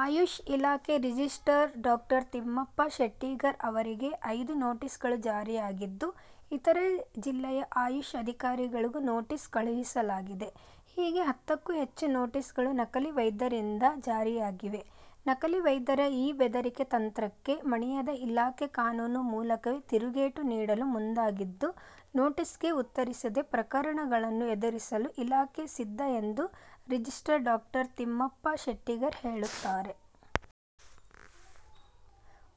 ಆಯುಷ್ ಇಲಾಖೆ ರಿಜಿಸ್ಟ್ರಾರ್ ಡಾ. ತಿಮ್ಮಪ್ಪ ಶೆಟ್ಟಿಗಾರ್ ಅವರಿಗೆ ಐದು ನೋಟಿಸ್ಗಳು ಜಾರಿಯಾಗಿದ್ದು, ಇತರೆ ಜಿಲ್ಲೆಯ ಆಯುಷ್ ಅಧಿಕಾರಿಗಳಿಗೂ ನೋಟಿಸ್ ಕಳುಹಿಸಲಾಗಿದೆ. ಹೀಗೆ ಹತ್ತಕ್ಕೂ ಹೆಚ್ಚು ನೋಟಿಸ್ಗಳು ನಕಲಿ ವೈದ್ಯರಿಂದ ಜಾರಿಯಾಗಿವೆ. ನಕಲಿ ವೈದ್ಯರ ಈ ಬೆದರಿಕೆ ತಂತ್ರಕ್ಕೆ ಮಣಿಯದ ಇಲಾಖೆ ಕಾನೂನು ಮೂಲಕವೇ ತಿರುಗೇಟು ನೀಡಲು ಮುಂದಾಗಿದ್ದು, ನೋಟಿಸ್ಗೆ ಉತ್ತರಿಸದೆ ಪ್ರಕರಣಗಳನ್ನು ಎದುರಿಸಲು ಇಲಾಖೆ ಸಿದ್ಧ ಎಂದು ರಿಜಿಸ್ಟ್ರಾರ್ ಡಾಕ್ಟರ್ ತಿಮ್ಮಪ್ಪ ಶೆಟ್ಟಿಗಾರ್ ಹೇಳುತ್ತಾರೆ.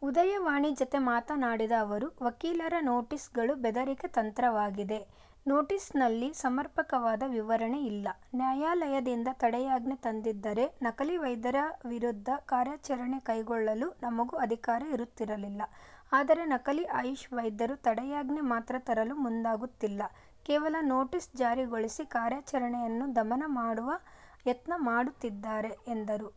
ಉದಯವಾಣಿ ಜತೆ ಮಾತನಾಡಿದ ಅವರು, ವಕೀಲರ ನೋಟಿಸ್ಗಳು ಬೆದರಿಕೆ ತಂತ್ರವಾಗಿದೆ. ನೋಟಿಸ್ನಲ್ಲಿ ಸಮರ್ಪಕವಾದ ವಿವರಣೆ ಇಲ್ಲ. ನ್ಯಾಯಾಲಯದಿಂದ ತಡೆಯಾಜ್ಞೆ ತಂದಿದ್ದರೆ ನಕಲಿ ವೈದ್ಯರ ವಿರುದ್ಧ ಕಾರ್ಯಾಚರಣೆ ಕೈಗೊಳ್ಳಲು ನಮಗೂ ಅಧಿಕಾರ ಇರುತ್ತಿರಲಿಲ್ಲ. ಆದರೆ, ನಕಲಿ ಆಯುಷ್ ವೈದ್ಯರು ತಡೆಯಾಜ್ಞೆ ಮಾತ್ರ ತರಲು ಮುಂದಾಗುತ್ತಿಲ್ಲ. ಕೇವಲ ನೋಟಿಸ್ ಜಾರಿಗೊಳಿಸಿ ಕಾರ್ಯಾಚರಣೆಯನ್ನು ದಮನ ಮಾಡುವ ಯತ್ನ ಮಾಡುತ್ತಿದ್ದಾರೆ ಎಂದರು.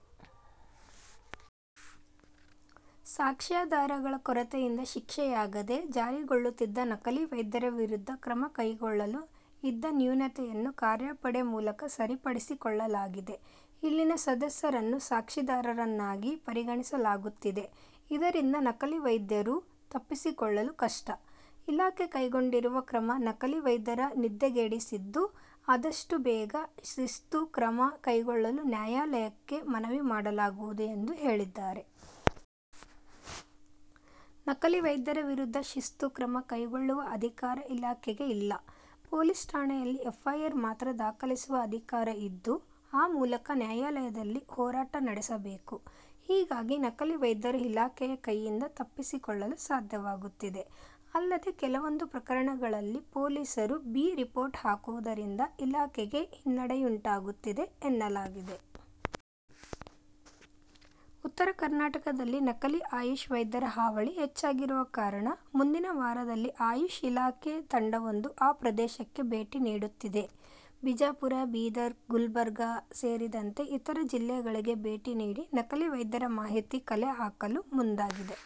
ಸಾಕ್ಷ್ಯಾಧಾರಗಳ ಕೊರತೆಯಿಂದ ಶಿಕ್ಷೆಯಾಗದೆ ಜಾರಿಕೊಳ್ಳುತ್ತಿದ್ದ ನಕಲಿ ವೈದ್ಯರ ವಿರುದ್ಧ ಕ್ರಮ ಕೈಗೊಳ್ಳಲು ಇದ್ದ ನ್ಯೂನತೆಯನ್ನು ಕಾರ್ಯಪಡೆ ಮೂಲಕ ಸರಿಪಡಿಸಿಕೊಳ್ಳಲಾಗಿದೆ. ಇಲ್ಲಿನ ಸದಸ್ಯರನ್ನು ಸಾಕ್ಷಿದಾರರನ್ನಾಗಿ ಪರಿಗಣಿಸಲಾಗುತ್ತಿದೆ. ಇದರಿಂದ ನಕಲಿ ವೈದ್ಯರು ತಪ್ಪಿಸಿಕೊಳ್ಳಲು ಕಷ್ಟ. ಇಲಾಖೆ ಕೈಗೊಂಡಿರುವ ಕ್ರಮ ನಕಲಿ ವೈದ್ಯರ ನಿದ್ದೆಗೆಡಿಸಿದ್ದು, ಅದಷ್ಟು ಬೇಗ ಶಿಸ್ತು ಕ್ರಮ ಕೈಗೊಳ್ಳಲು ನ್ಯಾಯಾಲಯಕ್ಕೆ ಮನವಿ ಮಾಡಲಾಗುವುದು ಎಂದು ಹೇಳಿದ್ದಾರೆ. ನಕಲಿ ವೈದ್ಯರ ವಿರುದ್ಧ ಶಿಸ್ತು ಕ್ರಮ ಕೈಗೊಳ್ಳುವ ಅಧಿಕಾರ ಇಲಾಖೆಗೆ ಇಲ್ಲ. ಪೊಲೀಸ್ ಠಾಣೆಯಲ್ಲಿ ಎಫ್ಐಆರ್ ಮಾತ್ರ ದಾಖಲಿಸುವ ಅಧಿಕಾರಿ ಇದ್ದು, ಆ ಮೂಲಕ ನ್ಯಾಯಾಲಯದಲ್ಲಿ ಹೋರಾಟ ನಡೆಸಬೇಕು. ಹೀಗಾಗಿ ನಕಲಿ ವೈದ್ಯರು ಇಲಾಖೆಯ ಕೈಯಿಂದ ತಪ್ಪಿಸಿಕೊಳ್ಳಲು ಸಾಧ್ಯವಾಗುತ್ತಿದೆ. ಅಲ್ಲದೆ, ಕೆಲವೊಂದು ಪ್ರಕರಣಗಳಲ್ಲಿ ಪೊಲೀಸರು ಬಿ ರಿಪೋರ್ಟ್ ಹಾಕುವುದರಿಂದ ಇಲಾಖೆಗೆ ಹಿನ್ನೆಡೆಯುಂಟಾಗುತ್ತಿದೆ ಎನ್ನಲಾಗಿದೆ. ಉತ್ತರ ಕರ್ನಾಟಕದಲ್ಲಿ ನಕಲಿ ಆಯುಷ್ ವೈದ್ಯರ ಹಾವಳಿ ಹೆಚ್ಚಾಗಿರುವ ಕಾರಣ ಮುಂದಿನ ವಾರದಲ್ಲಿ ಆಯುಷ್ ಇಲಾಖೆ ತಂಡವೊಂದು ಆ ಪ್ರದೇಶಕ್ಕೆ ಭೇಟಿ ನೀಡುತ್ತಿದೆ. ಬಿಜಾಪುರ, ಬೀದರ್, ಗುಲ್ಬರ್ಗ ಸೇರಿದಂತೆ ಇತರೆ ಜಿಲ್ಲೆಗಳಿಗೆ ಭೇಟಿ ನೀಡಿ ನಕಲಿ ವೈದ್ಯರ ಮಾಹಿತಿ ಕಲೆ ಹಾಕಲು ಮುಂದಾಗಿದೆ.